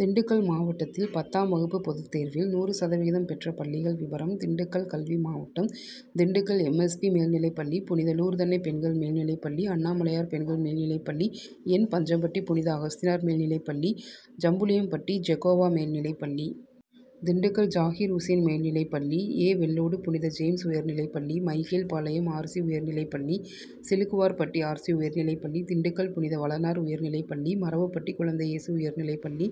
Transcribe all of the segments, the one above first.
திண்டுக்கல் மாவட்டத்தில் பத்தாம் வகுப்பு பொதுத்தேர்வில் நூறு சதவீதம் பெற்ற பள்ளிகள் விபரம் திண்டுக்கல் கல்வி மாவட்டம் திண்டுக்கல் எம்எஸ்பி, மேல்நிலைப் பள்ளி, புனித லூர்தன்னை பெண்கள் மேல் நிலைப்பள்ளி, அண்ணாமலையார் பெண்கள் மேல்நிலைப்பள்ளி, என்பஞ்சம்பட்டி புனித அகஸ்தினார் மேல்நிலைப்பள்ளி, ஜம்புலியம்பட்டி ஜெகோவா மேல்நிலைப்பள்ளி, திண்டுக்கல்ஜாகீர் உசேன் மேல்நிலைப்பள்ளி, ஏவெள்ளோடு புனித ஜேம்ஸ் உயர்நிலைப்பள்ளி, மைக்கேல்பாளையம் ஆர்சி, உயர்நிலைப்பள்ளி, சிலுக்குவார்பட்டி ஆர்சி, உயர்நிலைப்பள்ளி, திண்டுக்கல் புனித வளனார் உயர்நிலைப்பள்ளி, மறவப்பட்டி குழந்தை இயேசு உயர்நிலைப்பள்ளி,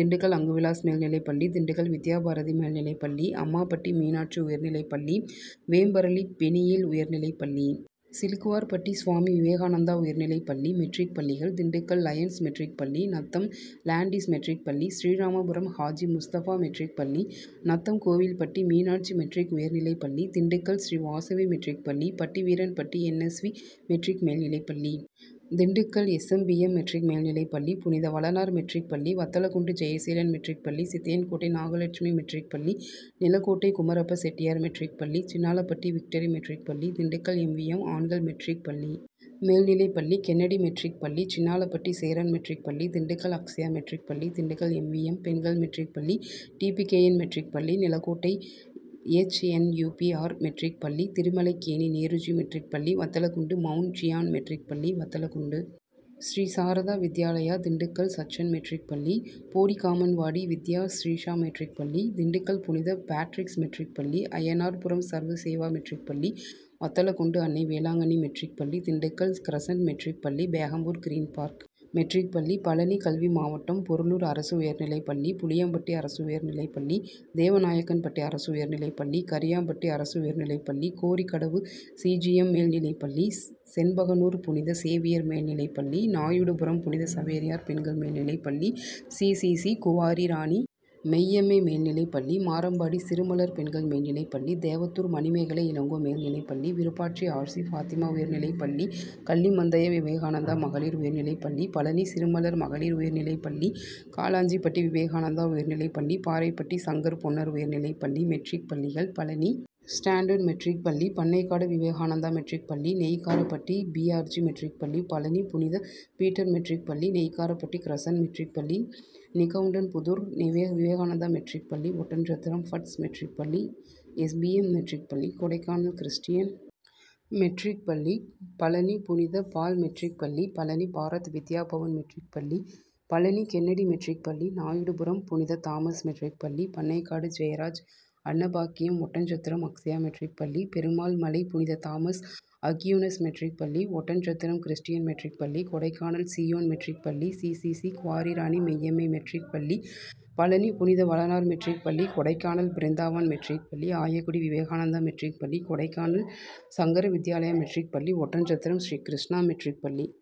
திண்டுக்கல் அங்குவிலாஸ் மேல்நிலைப்பள்ளி, திண்டுக்கல் வித்யாபார்த்தி மேல்நிலைப்பள்ளி, அம்மாபட்டி மீனாட்சி உயர்நிலைப்பள்ளி, வேம்பரளி பெனியேல் உயர்நிலைப்பள்ளி, சிலுக்குவார்பட்டி சுவாமி விவேகானந்தா உயர்நிலைப்பள்ளி மெட்ரிக் பள்ளிகள் திண்டுக்கல் லயன்ஸ் மெட்ரிக் பள்ளி, நத்தம் லாண்டீஸ் மெட்ரிக் பள்ளி, ஸ்ரீராமபுரம் ஹாஜி முஸ்தபா மெட்ரிக் பள்ளி, நத்தம் கோவில்பட்டி மீனாட்சி மெட்ரிக் உயர்நிலைப்பள்ளி, திண்டுக்கல் ஸ்ரீவாசவி மெட்ரிக் பள்ளி, பட்டிவீரன்பட்டி என்எஸ் வி, மெட்ரிக் மேல்நிலைப்பள்ளி, திண்டுக் கல் எஸ்எம்பிஎம், மெட்ரிக் மேல்நிலைப் பள்ளி, புனித வளனார் மெட்ரிக் பள்ளி, வத்தலக்குண்டு ஜெயசீலன் மெட்ரிக் பள்ளி, சித்தையன் கோட்டை நாகலட்சுமி மெட்ரிக் பள்ளி, நிலக்கோட்டை குமரப்ப செட்டியார் மெட்ரிக் பள்ளி, சின்னாளபட்டி விக்டரி மெட்ரிக் பள்ளி, திண்டுக்கல் எம்வி எம், ஆண்கள் மெட்ரிக் பள்ளி மேல்நிலைப்பள்ளி, கென்னடி மெட்ரிக் பள்ளி, சின்னாளபட்டி சேரன் மெட்ரிக் பள்ளி, திண்டுக் கல் அக்ஷயா மெட்ரிக் பள்ளி, திண்டுக்கல் எம்விஎம், பெண்கள் மெட்ரிக் பள்ளி, டிபிகேஎன் மெட்ரிக் பள்ளி, நிலக்கோட்டை எச்என்யூபிஆர், மெட்ரிக் பள்ளி, திருமலைக்கேணி நேருஜி மெட்ரிக் பள்ளி, வத்தலக்குண்டு மவுண்ட் ஜியான் மெட்ரிக் பள்ளி, வத்தலக்குண்டு ஸ்ரீசாரதா வித்யாலயா, திண்டுக் கல் சச்சன் மெட்ரிக் பள்ளி, போடிகாமன்வாடி வித்யா சிக்ஷா மெட்ரிக் பள்ளி, திண்டுக்கல் புனித பேட்ரிக்ஸ் மெட்ரிக் பள்ளி, அய்யனார்புரம் சர்வசேவா மெட்ரிக் பள்ளி, வத்தலக்குண்டு அன்னை வேளாங்கன்னி மெட்ரிக் பள்ளி, திண்டுக்கல் கிரசன்ட் மெட்ரிக் பள்ளி, பேகம்பூர் கிரீன் பார்க் மெட்ரிக் பள்ளி பழநி கல்வி மாவட்டம் பொருளூர் அரசு உயர்நிலைப்பள்ளி, புளியம்பட்டி அரசு உயர்நிலைப்பள்ளி, தேவநாயக்கன்பட்டி அரசு உயர்நிலைப்பள்ளி, கரியாம்பட்டி அரசு உயர்நிலைப் பள்ளி, கோரிக்கடவு சிஜிஎம், மேநி, பள்ளி, செண்பகனூர் புனித சேவியர் மேநி, பள்ளி, நாயுடுபுரம் புனித சவேரியார் பெண்கள் மேநி, பள்ளி, சிசிசி, குவாரி ராணி மெய்யம்மை மேல்நிலைப்பள்ளி, மாரம்பாடி சிறுமலர் பெண்கள் மேல்நிலைப்பள்ளி, தேவத்தூர் மணிமேகலை இளங்கோ மேல்நிலைப்பள்ளி, விருப்பாட்சி ஆர்சி, பாத்திமா உயர்நிலைப்பள்ளி, கள்ளிமந்தயம் விவேகானந்தா மகளிர் உயர்நிலைப்பள்ளி, பழநி சிறுமலர் மகளிர் உயர்நிலைப்பள்ளி, காளாஞ்சிபட்டி விவேகானந்தா உயர்நிலைப் பள்ளி, பாறைப்பட்டி சங்கர் பொன்னர் உயர்நிலைப்பள்ளி மெட்ரிக் பள்ளிகள் பழநி ஸ்டாண்டர்டு மெட்ரிக் பள்ளி, பண்ணைக்காடு விவேகானந் தா மெட்ரிக்பள்ளி, நெய்க்காரப்பட்டி பிஆர்ஜி, மெட்ரிக் பள்ளி, பழநி புனித பீட்டர் மெட்ரிக் பள்ளி, நெய்க்காரப்பட்டி கிரசன்ட் மெட்ரிக் பள்ளி, நிகவுண்டன்புதூர் விவேகானந்தா மெட்ரிக் பள்ளி, ஒட்டன்சத்திரம் பட்ஸ் மெட்ரிக் பள்ளி, எஸ்பிஎம், மெட்ரிக் பள்ளி, கொடைக்கானல் கிறிஸ்டியன் மெட்ரிக் பள்ளி, பழநி புனித பால் மெட்ரிக் பள்ளி, பழநி பாரத் வித்யாபவன் மெட்ரிக் பள்ளி, பழநி கென்னடி மெட்ரிக் பள்ளி, நாயுடுபுரம் புனித தாமஸ் மெட்ரிக் பள்ளி, பண்ணைக்காடு ஜெயராஜ் அன்னபாக்கியம், ஒட்டன்சத்திரம் அக்ஷயா மெட்ரிக் பள்ளி, பெருமாள் மலை புனித தாமஸ் அக்யூனஸ் மெட்ரிக் பள்ளி, ஒட்டன்சத்திரம் கிறிஸ்டின் மெட்ரிக் பள்ளி, கொடைக்கானல் சீயோன் மெட்ரிக் பள்ளி, சிசிசி, குவாரி ராணி மெய்யம்மை மெட்ரிக் பள்ளி, பழநி புனித வளனார் மெட்ரிக் பள்ளி கொடைக்கானல் பிருந்தாவன் மெட்ரிக் பள்ளி, ஆயக்குடி விவேகானந்தா மெட்ரிக் பள்ளி, கொடைக்கானல் சங்கர வித்யாலயா மெட்ரிக் பள்ளி, ஒட்டன்சத்திரம் ஸ்ரீகிருஷ்ணா மெட்ரிக் பள்ளி.